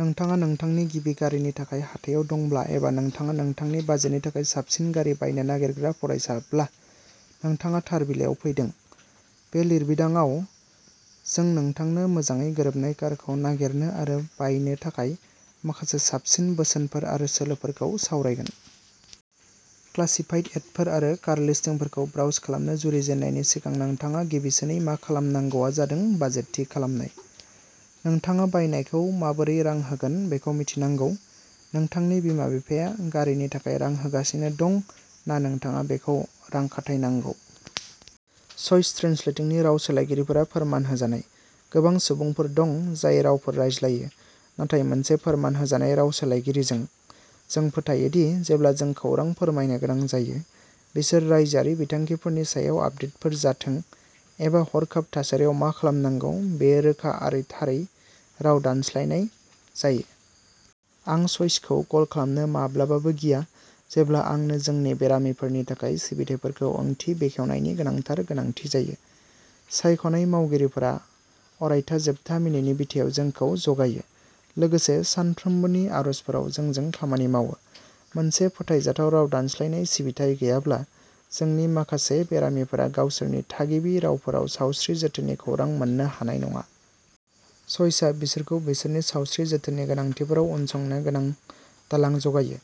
नोंथाङा नोंथांनि गिबि गारिनि थाखाय हाथायाव दंब्ला एबा नोंथाङा नोंथांनि बाजेटनि थाखाय साबसिन गारि बायनो नागिरग्रा फरायसाब्ला, नोंथाङा थार बिलाइयाव फैदों। बे लिरबिदांआव, जों नोंथांनो मोजाङै गोरोबनाय कारखौ नागिरनो आरो बायनो थाखाय माखासे साबसिन बोसोनफोर आरो सोलोफोरखौ सावरायगोन। क्लासिफाइड एडफोर आरो कार लिस्टिंफोरखौ ब्राउज खालामनो जुरिजेननायनि सिगां नोंथाङा गिबिसिनै मा खालामनांगौआ जादों बाजेट थि खालामनाय। नोंथाङा बायनायखौ माबोरै रां होगोन बेखौ मिथिनांगौ-नोंथांनि बिमा-बिफाया गारिनि थाखाय रां होगासिनो दं ना नोंथाङा बेखौ रां खाथायनांगौ। च'इस ट्रेन्सलेटिंनि राव सोलायगिरिफोरा फोरमान होजानाय। गोबां सुबुंफोर दं जाय रावफोर रायज्लायो, नाथाय मोनसे फोरमान होजानाय राव सोलायगिरिजों, जों फोथायो दि जेब्ला जों खौरां फोरमायनो गोनां जायो, बिसोर रायजोआरि बिथांखिफोरनि सायाव आपडेटफोर जाथों एबा हरखाब थासारियाव मा खालामनांगौ, बेयो रोखा आरो थारै राव दानस्लायनाय जायो। "" आं च'इसखौ कल खालामनो माब्लाबाबो गिया जेब्ला आंनो जोंनि बेरामिफोरनि थाखाय सिबिथायफोरखौ ओंथि बेखेवनायनि गोनांथार गोनांथि जायो। सायख'नाय मावगिरिफोरा अरायथा जोबथा मिनिटनि बिथायाव जोंखौ जगायो, लोगोसे सानफ्रोमबोनि आर'जफोराव जोंजों खामानि मावो। मोनसे फोथायजाथाव राव दानस्लायनाय सिबिथाइ गैयाब्ला, जोंनि माखासे बेरामिफोरा गावसोरनि थागिबि रावफोराव सावस्रि जोथोननि खौरां मोननो हानाय नङा। च'इसआ बिसोरखौ बिसोरनि सावस्रि जोथोननि गोनांथिफोराव उनसंनो गोनां दालां जगायो।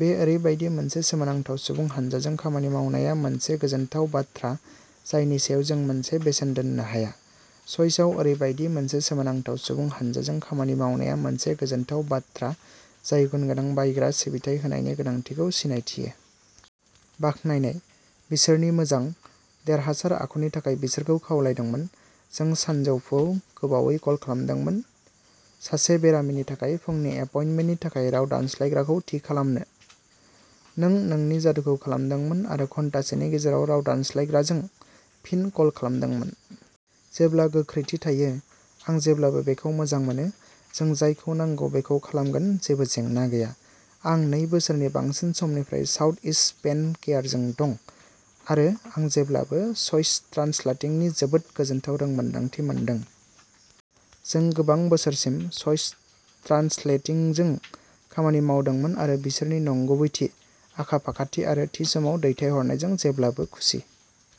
बेयो ओरैबायदि मोनसे सोमोनांथाव सुबुं हानजाजों खामानि मावनाया मोनसे गोजोनथाव बाथ्रा जायनि सायाव जों मोनसे बेसेन दोन्नो हाया। च'इसआव ओरैबायदि मोनसे सोमोनांथाव सुबुं हानजाजों खामानि मावनाया मोनसे गोजोनथाव बाथ्रा जाय गुनगोनां बायग्रा सिबिथाइ होनायनि गोनांथिखौ सिनायथियो। बाखनायनाय। बिसोरनि मोजां, देरहासार आखुनि थाखाय बिसोरखौ खावलायदोंमोन। "जों सानजौफुआव गोबावै कल खालामदोंमोन सासे बेरामिनि थाखाय फुंनि एपइन्टमेन्टनि थाखाय राव दानस्लायग्राखौ थि खालामनो। नों नोंनि जादुखौ खालामदोंमोन आरो घन्टासेनि गेजेराव राव दानस्लायग्राजों फिन कल खालामदोंमोन। जेब्ला गोख्रैथि थायो, आं जेब्लाबो बेखौ मोजां मोनो, जों जायखौ नांगौ बेखौ खालामगोन-जेबो जेंना गैया। आं नै बोसोरनि बांसिन समनिफ्राय साउथइस्ट पेन केयारजों दं, आरो आं जेब्लाबो च'इस ट्रान्सलेटिंनि जोबोद गोजोनथाव रोंमोनदांथि मोनदों। " "जों गोबां बोसोरसिम च'इस ट्रान्सलेटिंजों खामानि मावदोंमोन आरो बिसोरनि नंगुबैथि, आखा-फाखाथि आरो थि समाव दैथायहरनायजों जेब्लाबो खुसि।